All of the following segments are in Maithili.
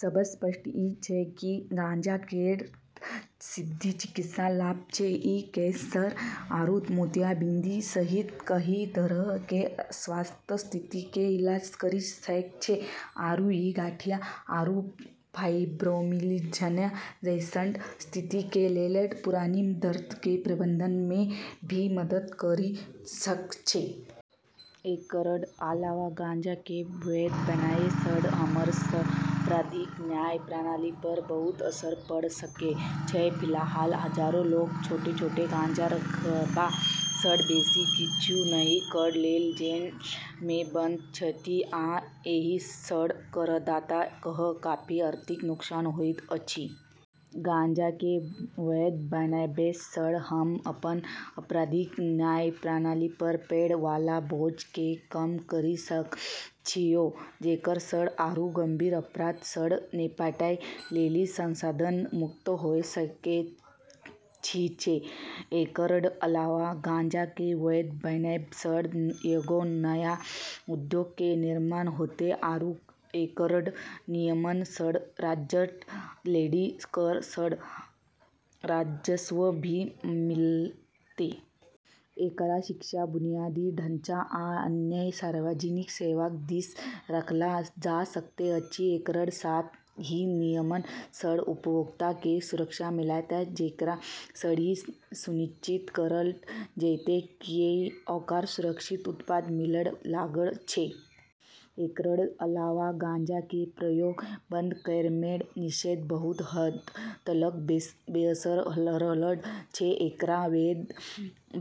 सबसऽ स्पष्ट ई छै कि गांजा केरऽ सिद्ध चिकित्सा लाभ छै ।ई कैंसर आरू मोतियाबिंद सहित कई तरह के स्वास्थ्य स्थिति के इलाज करी सकै छै आरू ई गठिया आरू फाइब्रोमायल्जिया जैसनऽ स्थिति के लेलऽ पुरानी दर्द के प्रबंधन मे भी मदद करी सकै छै। एकरऽ अलावा गांजा के वैध बनाबै सऽ हमरऽ आपराधिक न्याय प्रणाली पर बहुत असर पड़ऽ सकै छै। फिलहाल हजारो लोक छोट-छोट गांजा रखबा सऽ बेसी किछु नहि कऽ लेल जेल मे बंद छथि आ एहि सऽ करदाता कए काफी आर्थिक नुकसान होइत अछि। गांजा के वैध बनाबै सऽ हम्म अपनऽ आपराधिक न्याय प्रणाली पर पड़ै वाला बोझ के कम करी सकै छियै जेकरा सऽ आरू गंभीर अपराध सऽ निपटै लेली संसाधन मुक्त होय सकै छियै। एकरऽ अलावा गांजा के वैध बनाबै सऽ एगो नया उद्योग के निर्माण होतै आरू एकरऽ नियमन सऽ राज्यऽ लेली कर सऽ राजस्व भी मिलतै। एकरा शिक्षा बुनियादी ढांचा आ अन्य सार्वजनिक सेवाक दिस राखल जा सकैत अछि। एकरऽ साथ ही नियमन सऽ उपभोक्ता के सुरक्षा मिलतै जेकरा सऽ ई सुनिश्चित करलऽ जैतै कि ओकरा सुरक्षित उत्पाद मिलऽ लगलऽ छै। एकरऽ अलावा गांजा के प्रयोग बंद करै मऽ निषेध बहुत हद तलक बेअसर रहलऽ छै। एकरा वैध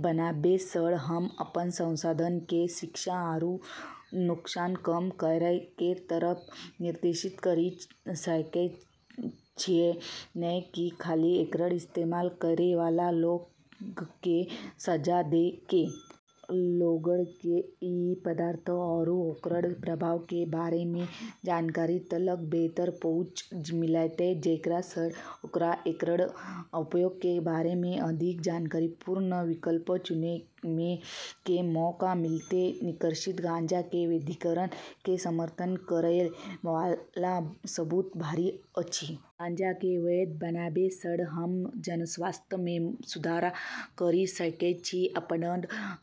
बनाबै सऽ हम्म अपनऽ संसाधन के शिक्षा आरू नुकसान कम करै के तरफ निर्देशित करी सकै छियै नै कि खाली एकरऽ इस्तेमाल करै वाला लोगऽ के सजा दै के। लोगऽ के ई पदार्थ आरू ओकरऽ प्रभाव के बारे मे जानकारी तलक बेहतर पहुँच मिलतै जेकरा सऽ ओकरा एकरऽ उपयोग के बारे मे अधिक जानकारीपूर्ण विकल्प चुनै के मौका मिलतै। निष्कर्षतः गांजा के वैधीकरण के समर्थन करय वाला सबूत भारी अछि। गांजा के वैध बनाबै सऽ हम्म जनस्वास्थ्य मे सुधार करी सकै छियै अपनऽ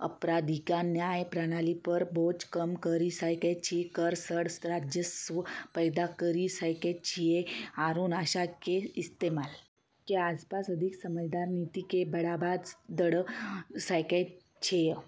आपराधिक न्याय प्रणाली पर बोझ कम करी सकै छियै कर सऽ राजस्व पैदा करी सकै छियै आरू नशा के इस्तेमाल के आसपास अधिक समझदार नीति के बढ़ावा दऽ सकै छियै